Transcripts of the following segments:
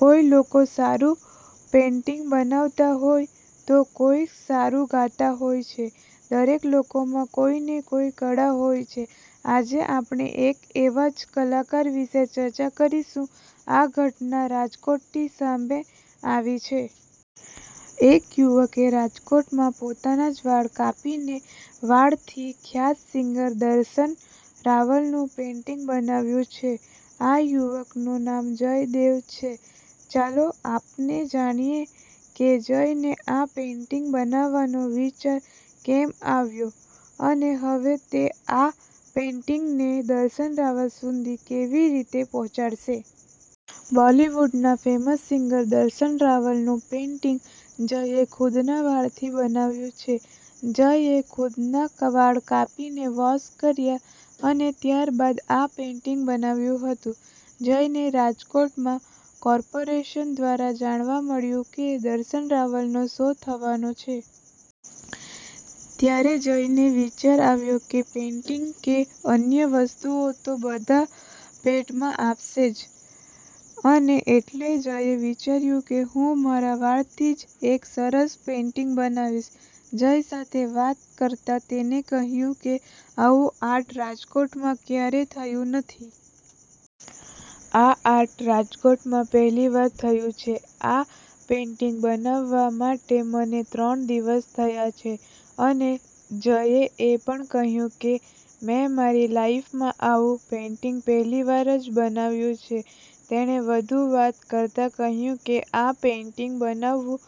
કોઈ લોકો સારૂ પેઈન્ટિંગ બનાવતા હોઈ તો કોઈ સારૂ ગાતા હોય છે. દરેક લોકોમાં કોઈને કોઈ કળા હોય છે. આજે આપણે એક એવા જ કલાકાર વિષે ચર્ચા કરીશું. આ ઘટના રાજકોટ થી સામે આવી છે. એક યુવકે રાજકોટમાં પોતાના જ વાળ કાપીને વાળથી ખ્યાત સિંગર દર્શન રાવલ નું પેઈન્ટિંગ બનાવ્યું છે. આ યુવકનું નામ જય દવે છે, ચાલો આપને જાણીએ કે જયને આ પેઈન્ટિંગ બનાવવાનો વિચાર કેમ આવ્યો અને હવે તે આ પેઈન્ટિંગને દર્શન રાવલ સુધી કેવી રીતે પહોંચાડશે. બોલિવૂડના ફેમસ સિંગર દર્શન રાવલનું પેઈન્ટિંગ જયે ખુદના વાળથી બનાવ્યું છે. જયએ ખુદના વાળ કાપીને વોશ કર્યા અને ત્યાર બાદ આ પેઈન્ટિંગ બનાવ્યું હતું. જયને રાજકોટમાં કોર્પોરેશન દ્વારા જાણવા મળ્યું કે દર્શન રાવલનો શો થવાનો છે. ત્યારે જયને વિચાર આવ્યો કે પેઈન્ટિંગ કે અન્ય વસ્તુઓ તો બધા ભેટમાં આપશે જ અને એટલે જયે વિચાર્યું કે, હું મારા વાળથી જ એક સરસ પેઈન્ટિંગ બનાવીશ. જય સાથે વાત કરતા તેને કહ્યું કે, આવું આર્ટ રાજકોટમાં ક્યારેય થયું નથી. આ આર્ટ રાજકોટમાં પહેલીવાર થયું છે. આ પેઈન્ટિંગ બનાવા માટે મને ત્રણ દિવસ થયા છે અને જયે એ પણ કહ્યું કે મેં મારી લાઈફમાં આવું પેઈન્ટિંગ પહેલીવાર જ બનાવ્યું છે. તેણે વધુ વાત કરતા કહ્યું કે આ પેઈન્ટિંગ બનાવવું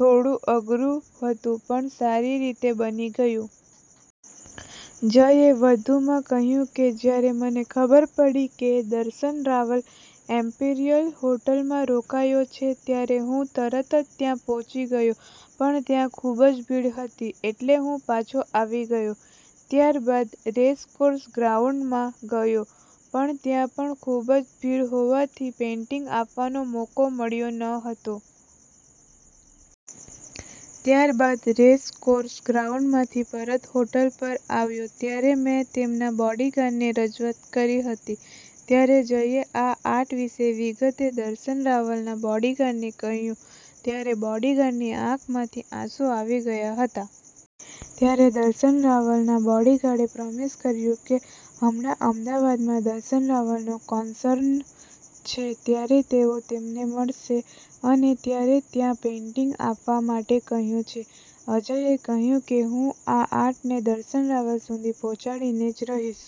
થોડુ અઘરૂ હતું પણ સારી રીતે બની ગયું છે. જયે વધુમાં કહ્યું કે જ્યારે મને ખબર પડી કે, દર્શન રાવલ ઈમ્પિરિયલ હોટલમાં રોકાયો છે. ત્યારે હું તરતજ ત્યાં પહોચી ગયો પણ ત્યાં ખુબજ ભીડ હતી એટલે હું પાછો આવી ગયો. ત્યાર બાદ રેસકોર્ષ ગ્રાઉન્ડમાં ગયો પણ ત્યાં પણ ખુબજ ભીડ હોવાથી પેઈન્ટિંગ આપવાનો મોકો મળ્યો ન હતો. ત્યાર બાદ રેસકોર્ષ ગ્રાઉન્ડ માંથી પરત હોટલ પર આવ્યો ત્યારે મેં તેમના બોડિગાર્ડને રજુઆત કરી હતી. ત્યારે જયે આ આર્ટ વિષે વિગતે દર્શન રાવલના બોડિગાર્ડ ને કહ્યું ત્યારે બોડિગાર્ડની આંખ માંથી આંસુ આવી ગયા હતા. ત્યારે દર્શન રાવલના બોડિગાર્ડએ પ્રોમિસ કર્યું કે હમણાં અમદાવાદમાં દર્શન રાવલનો કોન્સર્ન છે. ત્યારે તેઓ તેમને મળશે અને ત્યારે ત્યાં પેઈન્ટિંગ આપવા માટે કહ્યું છે. જયે કહ્યું કે હું આ આર્ટને દર્શન રાવલ સુધી પહોંચાડીને જ રહીશ.